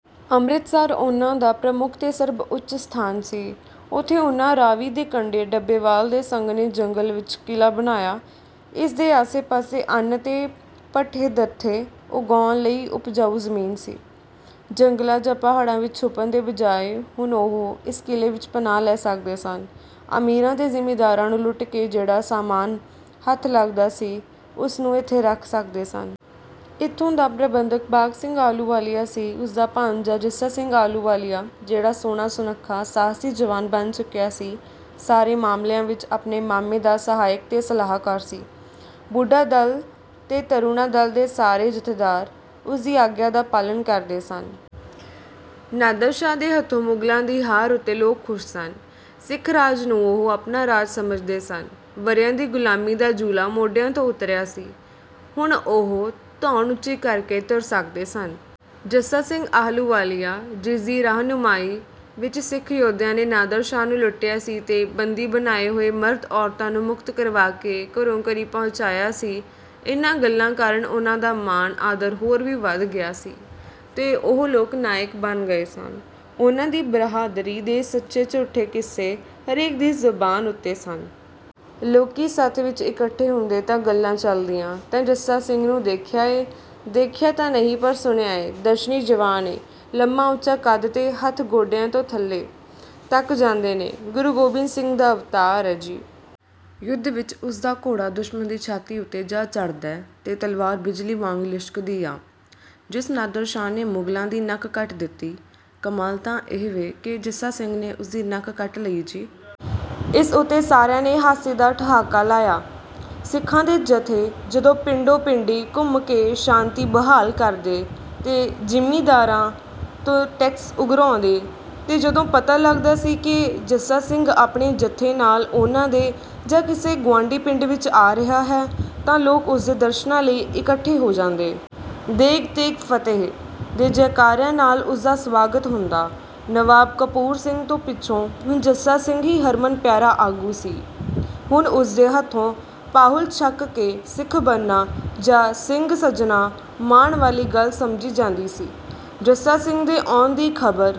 ਅੰਮ੍ਰਿਤਸਰ ਉਹਨਾਂ ਦਾ ਪ੍ਰਮੁੱਖ ਤੇ ਸਰਬਉੱਚ ਸਥਾਨ ਸੀ। ਉੱਥੇ ਉਹਨਾਂ ਰਾਵੀ ਦੇ ਕੰਢੇ ਡੱਲੇਵਾਲ ਦੇ ਸੰਘਣੇ ਜੰਗਲ ਵਿੱਚ ਕਿਲਾ ਬਣਾਇਆ, ਇਸ ਦੇ ਆਸੇ-ਪਾਸੇ ਅੰਨ ਤੇ ਪੱਠੇ-ਦੱਥੇ ਉਗਾਉਣ ਲਈ ਉਪਜਾਊ ਜ਼ਮੀਨ ਸੀ। ਜੰਗਲਾਂ ਜਾਂ ਪਹਾੜਾਂ ਵਿੱਚ ਛੁਪਣ ਦੇ ਬਜਾਏ ਹੁਣ ਉਹ ਇਸ ਕਿਲੇ ਵਿੱਚ ਪਨਾਹ ਲੈ ਸਕਦੇ ਸਨ, ਅਮੀਰਾਂ ਤੇ ਜ਼ਿਮੀਂਦਾਰਾਂ ਨੂੰ ਲੁੱਟ ਕੇ ਜਿਹੜਾ ਸਾਮਾਨ ਹੱਥ ਲੱਗਦਾ ਸੀ ਉਸਨੂੰ ਇੱਥੇ ਰੱਖ ਸਕਦੇ ਸਨ। ਇੱਥੋਂ ਦਾ ਪ੍ਰਬੰਧਕ ਬਾਘ ਸਿੰਘ ਆਹਲੂਵਾਲੀਆ ਸੀ। ਉਸ ਦਾ ਭਾਣਜਾ ਜੱਸਾ ਸਿੰਘ ਆਹਲੂਵਾਲੀਆ ਜਿਹੜਾ ਸੋਹਣਾ-ਸੁਣੱਖਾ, ਸਾਹਸੀ ਜਵਾਨ ਬਣ ਚੁੱਕਿਆ ਸੀ ਸਾਰੇ ਮਾਮਲਿਆਂ ਵਿੱਚ ਆਪਣੇ ਮਾਮੇ ਦਾ ਸਹਾਇਕ ਤੇ ਸਲਾਹਕਾਰ ਸੀ। ਬੁੱਢਾ-ਦਲ ਤੇ ਤਰੁਣਾ-ਦਲ ਦੇ ਸਾਰੇ ਜੱਥੇਦਾਰ ਉਸਦੀ ਆਗਿਆ ਦਾ ਪਾਲਣ ਕਰਦੇ ਸਨ। ਨਾਦਰ ਸ਼ਾਹ ਦੇ ਹੱਥੋਂ ਮੁਗਲਾਂ ਦੀ ਹਾਰ ਉੱਤੇ ਲੋਕ ਖੁਸ਼ ਸਨ। ਸਿੱਖ ਰਾਜ ਨੂੰ ਉਹ ਆਪਣਾ ਰਾਜ ਸਮਝਦੇ ਸਨ। ਵਰ੍ਹਿਆਂ ਦੀ ਗ਼ੁਲਾਮੀ ਦਾ ਜੂਲਾ ਮੋਢਿਆਂ ਤੋਂ ਉਤਰਿਆ ਸੀ। ਹੁਣ ਉਹ ਧੌਣ ਉੱਚੀ ਕਰਕੇ ਤੁਰ ਸਕਦੇ ਸਨ। ਜੱਸਾ ਸਿੰਘ ਆਹਲੂਵਾਲੀਆ ਜਿਸ ਦੀ ਰਾਹਨੁਮਾਈ ਵਿੱਚ ਸਿੱਖ ਯੋਧਿਆਂ ਨੇ ਨਾਦਰ ਸ਼ਾਹ ਨੂੰ ਲੁੱਟਿਆ ਸੀ ਤੇ ਬੰਦੀ ਬਣਾਏ ਹੋਏ ਮਰਦ-ਔਰਤਾਂ ਨੂੰ ਮੁਕਤ ਕਰਵਾ ਕੇ ਘਰੋ-ਘਰੀ ਪਹੁੰਚਾਇਆ ਸੀ। ਇਹਨਾਂ ਗੱਲਾਂ ਕਾਰਨ ਉਹਨਾਂ ਦਾ ਮਾਣ-ਆਦਰ ਹੋਰ ਵੀ ਵਧ ਗਿਆ ਸੀ ਤੇ ਉਹ ਲੋਕ ਨਾਇਕ ਬਣ ਗਏ ਸਨ, ਉਹਨਾਂ ਦੀ ਬਹਾਦਰੀ ਦੇ ਸੱਚੇ-ਝੂਠੇ ਕਿੱਸੇ ਹਰੇਕ ਦੀ ਜ਼ਬਾਨ ਉੱਤੇ ਸਨ। ਲੋਕੀਂ ਸੱਥਾਂ ਵਿੱਚ ਇਕੱਠੇ ਹੁੰਦੇ ਤਾਂ ਗੱਲਾਂ ਚੱਲਦੀਆਂ, "ਤੈਂ ਜੱਸਾ ਸਿੰਘ ਨੂੰ ਦੇਖਿਆ ਏ?" "ਦੇਖਿਆ ਤਾਂ ਨਹੀਂ, ਪਰ ਸੁਣਿਆਂ ਏਂ, ਦਰਸ਼ਨੀ-ਜਵਾਨ ਏਂ। ਲੰਮਾ-ਉੱਚਾ ਕੱਦ ਤੇ ਹੱਥ ਗੋਡਿਆਂ ਤੋਂ ਥੱਲੇ ਤੱਕ ਜਾਂਦੇ ਨੇ। ਗੁਰੂ ਗੋਬਿੰਦ ਸਿੰਘ ਦਾ ਅਵਤਾਰ ਐ ਜੀ। ਯੁੱਧ ਵਿੱਚ ਉਸ ਦਾ ਘੋੜਾ ਦੁਸ਼ਮਣ ਦੀ ਛਾਤੀ ਉੱਤੇ ਜਾ ਚੜ੍ਹਦੈ ਤੇ ਤਲਵਾਰ ਬਿਜਲੀ ਵਾਂਗ ਲਿਸ਼ਕਦੀ ਆ। ਜਿਸ ਨਾਦਰ ਸ਼ਾਹ ਨੇ ਮੁਗਲਾਂ ਦੀ ਨੱਕ ਕੱਟ ਦਿੱਤੀ, ਕਮਾਲ ਤਾਂ ਇਹ ਵੇ ਕਿ ਜੱਸਾ ਸਿੰਘ ਨੇ ਉਸਦੀ ਨੱਕ ਕੱਟ ਲਈ ਜੀ।" ਇਸ ਉੱਤੇ ਸਾਰਿਆਂ ਨੇ ਹਾਸੇ ਦਾ ਠਹਾਕਾ ਲਾਇਆ। ਸਿੱਖਾਂ ਦੇ ਜੱਥੇ ਜਦੋਂ ਪਿੰਡੋ-ਪਿੰਡੀ ਘੁੰਮ ਕੇ ਸ਼ਾਂਤੀ ਬਹਾਲ ਕਰਦੇ ਤੇ ਜ਼ਿਮੀਂਦਾਰਾਂ ਤੋਂ ਟੈਕਸ ਉਗਰਾਉਂਦੇ ਤੇ ਜਦੋਂ ਪਤਾ ਲੱਗਦਾ ਸੀ ਕਿ ਜੱਸਾ ਸਿੰਘ ਆਪਣੇ ਜੱਥੇ ਨਾਲ ਉਹਨਾਂ ਦੇ ਜਾਂ ਕਿਸੇ ਗੁਆਂਢੀ ਪਿੰਡ ਵਿੱਚ ਆ ਰਿਹਾ ਹੈ ਤਾਂ ਲੋਕ ਉਸਦੇ ਦਰਸ਼ਨਾਂ ਲਈ ਇਕੱਠੇ ਹੋ ਜਾਂਦੇ। 'ਦੇਗ ਤੇਗ ਫਤਿਹ' ਦੇ ਜੈਕਾਰਿਆਂ ਨਾਲ ਉਸਦਾ ਸਵਾਗਤ ਹੁੰਦਾ। ਨਵਾਬ ਕਪੂਰ ਸਿੰਘ ਤੋਂ ਪਿੱਛੋਂ ਹੁਣ ਜੱਸਾ ਸਿੰਘ ਹੀ ਹਰਮਨ ਪਿਆਰਾ ਆਗੂ ਸੀ। ਹੁਣ ਉਸਦੇ ਹੱਥੋਂ ਪਾਹੁਲ ਛਕ ਕੇ ਸਿੱਖ ਬਣਨਾ ਜਾਂ ਸਿੰਘ ਸੱਜਣਾ ਮਾਣ ਵਾਲੀ ਗੱਲ ਸਮਝੀ ਜਾਂਦੀ ਸੀ। ਜੱਸਾ ਸਿੰਘ ਦੇ ਆਉਣ ਦੀ ਖਬਰ